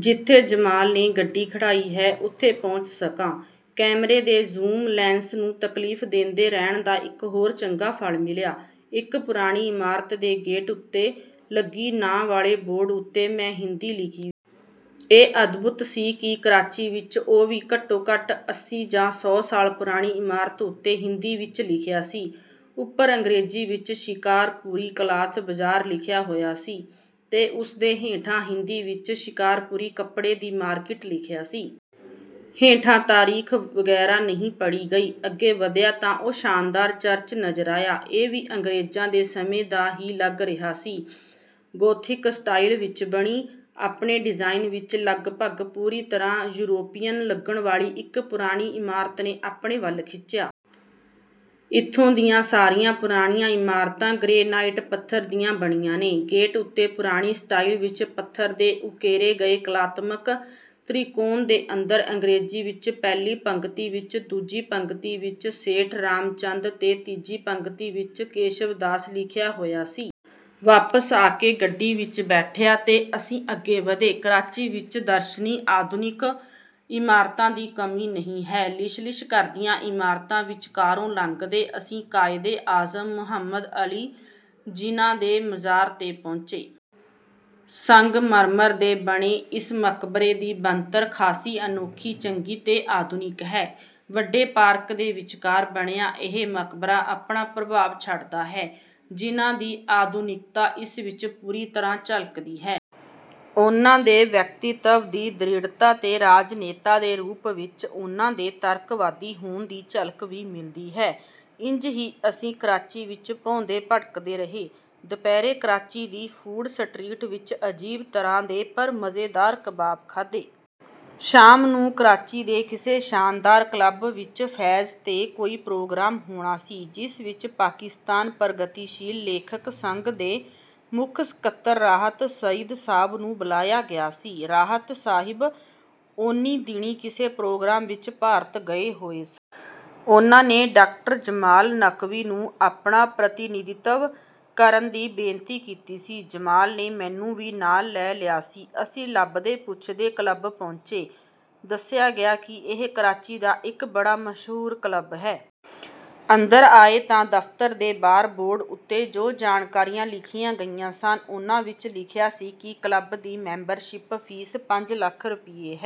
ਜਿੱਥੇ ਜਮਾਲ ਨੇ ਗੱਡੀ ਖੜ੍ਹਾਈ ਹੈ, ਉੱਥੇ ਪਹੁੰਚ ਸਕਾਂ। ਕੈਮਰੇ ਦੇ ਜ਼ੂਮ ਲੈਂਸ ਨੂੰ ਤਕਲੀਫ਼ ਦੇਂਦੇ ਰਹਿਣ ਦਾ ਇੱਕ ਹੋਰ ਚੰਗਾ ਫਲ ਮਿਲਿਆ। ਇੱਕ ਪੁਰਾਣੀ ਇਮਾਰਤ ਦੇ ਗੇਟ ਉੱਤੇ ਲੱਗੀ ਨਾਂ ਵਾਲੇ ਬੋਰਡ ਉੱਤੇ ਮੈਂ ਹਿੰਦੀ ਲਿਖੀ ਵੇਖੀ। ਇਹ ਅਦਭੁਤ ਸੀ ਕਿ ਕਰਾਚੀ ਵਿੱਚ, ਉਹ ਵੀ ਘੱਟੋ-ਘੱਟ ਅੱਸੀ ਜਾਂ ਸੌ ਸਾਲ ਪੁਰਾਣੀ ਇਮਾਰਤ ਉੱਤੇ, ਹਿੰਦੀ ਵਿੱਚ ਲਿਖਿਆ ਸੀ। ਉੱਪਰ ਅੰਗਰੇਜ਼ੀ ਵਿੱਚ 'ਸ਼ਿਕਾਰਪੁਰੀ ਕਲਾਥ ਬਾਜ਼ਾਰ' ਲਿਖਿਆ ਹੋਇਆ ਸੀ ਤੇ ਉਸਦੇ ਹੇਠਾਂ ਹਿੰਦੀ ਵਿੱਚ 'ਸ਼ਿਕਾਰਪੁਰੀ ਕੱਪੜੇ ਦੀ ਮਾਰਕੀਟ' ਲਿਖਿਆ ਸੀ। ਹੇਠਾਂ ਤਾਰੀਖ਼ ਵਗ਼ੈਰਾ ਨਹੀਂ ਪੜ੍ਹੀ ਗਈ। ਅੱਗੇ ਵਧਿਆ ਤਾਂ ਉਹ ਸ਼ਾਨਦਾਰ ਚਰਚ ਨਜ਼ਰ ਆਇਆ। ਇਹ ਵੀ ਅੰਗਰੇਜ਼ਾਂ ਦੇ ਸਮੇਂ ਦਾ ਹੀ ਲੱਗ ਰਿਹਾ ਸੀ। ਗੋਥਿਕ ਸਟਾਈਲ ਵਿੱਚ ਬਣੀ, ਆਪਣੇ ਡਿਜ਼ਾਇਨ ਵਿੱਚ ਲਗਭਗ ਪੂਰੀ ਤਰ੍ਹਾਂ ਯੂਰਪੀਅਨ ਲੱਗਣ ਵਾਲੀ ਇੱਕ ਪੁਰਾਣੀ ਇਮਾਰਤ ਨੇ ਆਪਣੇ ਵੱਲ ਖਿੱਚਿਆ। ਇੱਥੋਂ ਦੀਆਂ ਸਾਰੀਆਂ ਪੁਰਾਣੀਆਂ ਇਮਾਰਤਾਂ ਗ੍ਰੇਨਾਈਟ ਪੱਥਰ ਦੀਆਂ ਬਣੀਆਂ ਨੇ। ਗੇਟ ਉੱਤੇ ਪੁਰਾਣੀ ਸਟਾਈਲ ਵਿੱਚ ਪੱਥਰ ਤੇ ਉਕੇਰੇ ਗਏ ਕਲਾਤਮਕ ਤ੍ਰਿਕੋਣ ਦੇ ਅੰਦਰ ਅੰਗਰੇਜ਼ੀ ਵਿੱਚ ਪਹਿਲੀ ਪੰਗਤੀ ਵਿੱਚ…, ਦੂਜੀ ਪੰਗਤੀ ਵਿੱਚ 'ਸੇਠ ਰਾਮਚੰਦ' ਤੇ ਤੀਜੀ ਪੰਗਤੀ ਵਿੱਚ 'ਕੇਸ਼ਵਦਾਸ' ਲਿਖਿਆ ਹੋਇਆ ਸੀ। ਵਾਪਸ ਆ ਕੇ ਗੱਡੀ ਵਿੱਚ ਬੈਠਿਆ ਤੇ ਅਸੀਂ ਅੱਗੇ ਵਧੇ। ਕਰਾਚੀ ਵਿੱਚ ਦਰਸ਼ਨੀ ਆਧੁਨਿਕ ਇਮਾਰਤਾਂ ਦੀ ਕਮੀ ਨਹੀਂ ਹੈ। ਲਿਸ਼ਲਿਸ਼ ਕਰਦੀਆਂ ਇਮਾਰਤਾਂ ਵਿਚਕਾਰੋਂ ਲੰਘਦੇ ਅਸੀਂ ਕਾਇਦੇ-ਆਜ਼ਮ ਮੁਹੰਮਦ ਅਲੀ ਜਿੱਨਾ ਦੇ ਮਜ਼ਾਰ 'ਤੇ ਪਹੁੰਚੇ। ਸੰਗਮਰਮਰ ਦੇ ਬਣੇ ਇਸ ਮਕਬਰੇ ਦੀ ਬਣਤਰ ਖਾਸੀ ਅਨੋਖੀ, ਚੰਗੀ ਤੇ ਆਧੁਨਿਕ ਹੈ। ਵੱਡੇ ਪਾਰਕ ਦੇ ਵਿਚਕਾਰ ਬਣਿਆ ਇਹ ਮਕਬਰਾ ਆਪਣਾ ਪ੍ਰਭਾਵ ਛੱਡਦਾ ਹੈ। ਜਿੱਨਾ ਦੀ 'ਆਧੁਨਿਕਤਾ' ਇਸ ਵਿੱਚ ਪੂਰੀ ਤਰ੍ਹਾਂ ਝਲਕਦੀ ਹੈ। ਉਹਨਾਂ ਦੇ ਵਿਅਕਤੀਤਵ ਦੀ ਦ੍ਰਿੜ੍ਹਤਾ ਤੇ ਰਾਜਨੇਤਾ ਦੇ ਰੂਪ ਵਿੱਚ ਉਹਨਾਂ ਦੇ ਤਰਕਵਾਦੀ ਹੋਣ ਦੀ ਝਲਕ ਵੀ ਮਿਲਦੀ ਹੈ। ਇੰਜ ਹੀ ਅਸੀਂ ਕਰਾਚੀ ਵਿੱਚ ਭੌਂਦੇ-ਭਟਕਦੇ ਰਹੇ। ਦੁਪਹਿਰੇ ਕਰਾਚੀ ਦੀ ਫੂਡ ਸਟਰੀਟ ਵਿੱਚ ਅਜੀਬ ਤਰ੍ਹਾਂ ਦੇ, ਪਰ ਮਜ਼ੇਦਾਰ, ਕਬਾਬ ਖਾਧੇ। ਸ਼ਾਮ ਨੂੰ ਕਰਾਚੀ ਦੇ ਕਿਸੇ ਸ਼ਾਨਦਾਰ ਕਲੱਬ ਵਿੱਚ 'ਫ਼ੈਜ਼' 'ਤੇ ਕੋਈ ਪ੍ਰੋਗਰਾਮ ਹੋਣਾ ਸੀ, ਜਿਸ ਵਿੱਚ ਪਾਕਿਸਤਾਨ ਪ੍ਰਗਤੀਸ਼ੀਲ ਲੇਖਕ ਸੰਘ ਦੇ ਮੁੱਖ ਸਕੱਤਰ ਰਾਹਤ ਸਈਦ ਸਾਹਿਬ ਨੂੰ ਬੁਲਾਇਆ ਗਿਆ ਸੀ। ਰਾਹਤ ਸਾਹਿਬ ਉਹਨੀਂ ਦਿਨੀਂ ਕਿਸੇ ਪ੍ਰੋਗਰਾਮ ਵਿੱਚ ਭਾਰਤ ਗਏ ਹੋਏ ਸਨ। ਉਹਨਾਂ ਨੇ ਡਾ. ਜਮਾਲ ਨਕਵੀ ਨੂੰ ਆਪਣਾ ਪ੍ਰਤੀਨਿਧਤਵ ਕਰਨ ਦੀ ਬੇਨਤੀ ਕੀਤੀ ਸੀ। ਜਮਾਲ ਨੇ ਮੈਨੂੰ ਵੀ ਨਾਲ ਲੈ ਲਿਆ ਸੀ। ਅਸੀਂ ਲੱਭਦੇ-ਪੁੱਛਦੇ ਕਲੱਬ ਪਹੁੰਚੇ। ਦੱਸਿਆ ਗਿਆ ਕਿ ਇਹ ਕਰਾਚੀ ਦਾ ਇੱਕ ਬੜਾ ਮਸ਼ਹੂਰ ਕਲੱਬ ਹੈ। ਅੰਦਰ ਆਏ ਤਾਂ ਦਫ਼ਤਰ ਦੇ ਬਾਹਰ ਬੋਰਡ ਉੱਤੇ ਜੋ ਜਾਣਕਾਰੀਆਂ ਲਿਖੀਆਂ ਗਈਆਂ ਸਨ, ਉਹਨਾਂ ਵਿੱਚ ਲਿਖਿਆ ਸੀ ਕਿ ਕਲੱਬ ਦੀ ਮੈਂਬਰਸ਼ਿੱਪ ਫ਼ੀਸ ਪੰਜ ਲੱਖ ਰੁਪਏ ਹੈ।